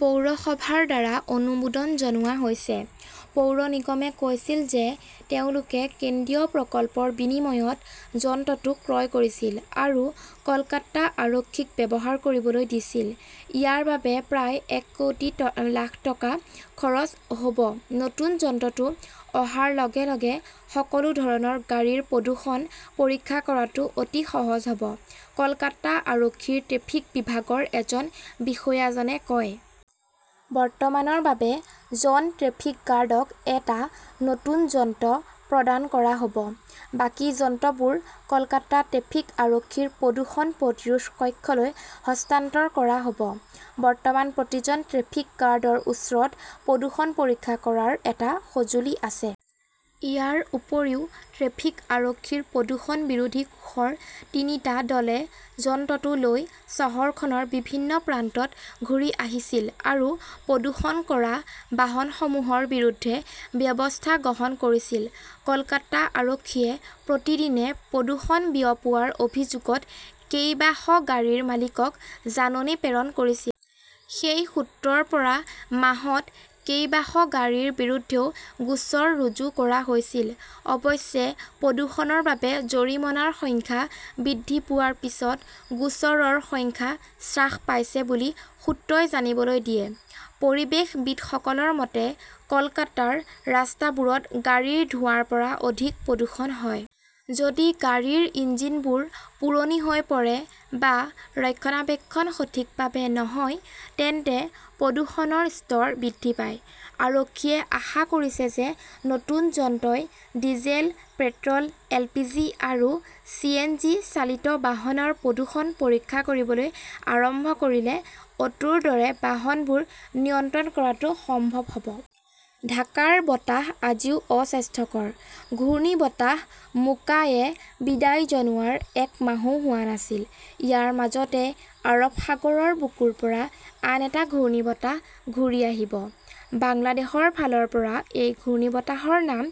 পৌৰসভাৰ দ্বাৰা অনুমোদন জনোৱা হৈছে। পৌৰ নিগমে কৈছিল যে তেওঁলোকে কেন্দ্ৰীয় প্ৰকল্পৰ বিনিময়ত যন্ত্ৰটো ক্ৰয় কৰিছিল আৰু কলকাতা আৰক্ষীক ব্যৱহাৰ কৰিবলৈ দিছিল। ইয়াৰ বাবে প্ৰায় এক কোটি লাখ টকা খৰচ হ "ব। নতুন যন্ত্ৰটো অহাৰ লগে লগে সকলো ধৰণৰ গাড়ীৰ প্ৰদূষণ পৰীক্ষা কৰাটো অতি সহজ হ "ব", কলকাতা আৰক্ষীৰ ট্ৰেফিক বিভাগৰ এজন বিষয়াজনে কয়। বৰ্তমানৰ বাবে, জন ট্ৰেফিক গাৰ্ডক এটা নতুন যন্ত্ৰ প্ৰদান কৰা হ 'ব। বাকী যন্ত্ৰবোৰ কলকাতা ট্ৰেফিক আৰক্ষীৰ প্ৰদূষণ প্ৰতিৰোধ কক্ষলৈ হস্তান্তৰ কৰা হ 'ব। বৰ্তমান প্ৰতিজন ট্ৰেফিক গাৰ্ডৰ ওচৰত প্ৰদূষণ পৰীক্ষা কৰাৰ এটা সঁজুলি আছে। ইয়াৰ উপৰিও, ট্ৰেফিক আৰক্ষীৰ প্ৰদূষণ বিৰোধী কোষৰ তিনিটা দলে যন্ত্ৰটো লৈ চহৰখনৰ বিভিন্ন প্ৰান্তত ঘূৰি আহিছিল আৰু প্ৰদূষণ কৰা বাহনসমূহৰ বিৰুদ্ধে ব্যৱস্থা গ্ৰহণ কৰিছিল। কলকাতা আৰক্ষীয়ে প্ৰতিদিনে প্ৰদূষণ বিয়পোৱাৰ অভিযোগত কেইবাশ গাড়ীৰ মালিকক জাননী প্ৰেৰণ কৰিছিল। সেই সূত্ৰৰ পৰা মাহত কেইবাশ গাড়ীৰ বিৰুদ্ধেও গোচৰ ৰুজু কৰা হৈছিল। অৱশ্যে, প্ৰদূষণৰ বাবে জৰিমনাৰ সংখ্যা বৃদ্ধি পোৱাৰ পিছত গোচৰৰ সংখ্যা হ্ৰাস পাইছে বুলি সূত্ৰই জানিবলৈ দিয়ে। পৰিৱেশবিদসকলৰ মতে, কলকাতাৰ ৰাস্তাবোৰত গাড়ীৰ ধোঁৱাৰ পৰা অধিক প্ৰদূষণ হয়। যদি গাড়ীৰ ইঞ্জিনবোৰ পুৰণি হৈ পৰে বা ৰক্ষণাবেক্ষণ সঠিকভাৱে নহয় তেন্তে প্ৰদূষণৰ স্তৰ বৃদ্ধি পায়। আৰক্ষীয়ে আশা কৰিছে যে নতুন যন্ত্ৰই ডিজেল, পেট্ৰ "ল, এলপিজি আৰু চিএনজি চালিত বাহনৰ প্ৰদূষণ পৰীক্ষা কৰিবলৈ আৰম্ভ কৰিলে অটোৰ দৰে বাহনবোৰ নিয়ন্ত্ৰণ কৰাটো সম্ভৱ হ" ব। ঢাকাৰ বতাহ আজিও 'অস্বাস্থ্যকৰ " ঘূৰ্ণীবতাহ 'মোকা "য়ে বিদায় জনোৱাৰ এক মাহও হোৱা নাছিল। ইয়াৰ মাজতে আৰব সাগৰৰ বুকুৰ পৰা আন এটা ঘূৰ্ণীবতাহ ঘূৰি আহিব। বাংলাদেশৰ ফালৰ পৰা এই ঘূৰ্ণীবতাহৰ নাম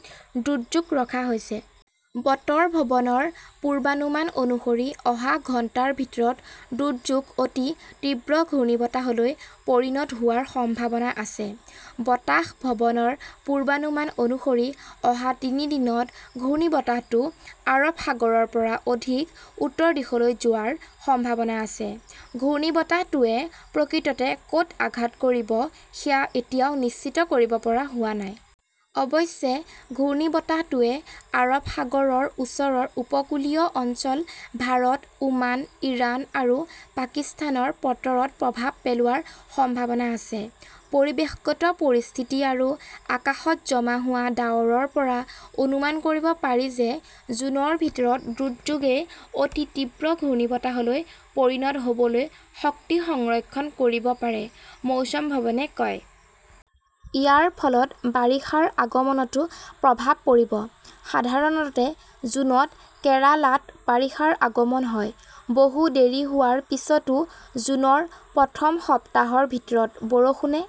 'দুৰ্যোগ "ৰখা হৈছে। বতৰ ভৱনৰ পূৰ্বানুমান অনুসৰি অহা ঘণ্টাৰ ভিতৰত 'দুৰ্যোগ "অতি তীব্ৰ ঘূৰ্ণীবতাহলৈ পৰিণত হোৱাৰ সম্ভাৱনা আছে। বতাস ভৱনৰ পূৰ্বানুমান অনুসৰি অহা তিনি দিনত ঘূৰ্ণীবতাহটো আৰৱ সাগৰৰ পৰা অধিক উত্তৰ দিশলৈ যোৱাৰ সম্ভাৱনা আছে। ঘূৰ্ণীবতাহটোৱে প্ৰকৃততে ক "ত আঘাত কৰিব সেয়া এতিয়াও নিশ্চিত কৰিব পৰা হোৱা নাই। অৱশ্যে, ঘূৰ্ণীবতাহটোৱে আৰৱ সাগৰৰ ওচৰৰ উপকূলীয় অঞ্চল ভাৰত, ওমান, ইৰাণ আৰু পাকিস্তানৰ বতৰত প্ৰভাৱ পেলোৱাৰ সম্ভাৱনা আছে। পৰিৱেশগত পৰিস্থিতি আৰু আকাশত জমা হোৱা ডাৱৰৰ পৰা অনুমান কৰিব পাৰি যে জুনৰ ভিতৰত 'দুৰ্যোগ "ই অতি তীব্ৰ ঘূৰ্ণীবতাহলৈ পৰিণত হ" বলৈ শক্তি সংৰক্ষণ কৰিব পাৰে, মৌসম ভৱনে কয়। ইয়াৰ ফলত বাৰিষাৰ আগমনতো প্ৰভাৱ পৰিব। সাধাৰণতে জুনত কেৰালাত বাৰিষাৰ আগমন হয়। বহু দেৰি হোৱাৰ পিছতো জুনৰ প্ৰথম সপ্তাহৰ ভিতৰত বৰষুণে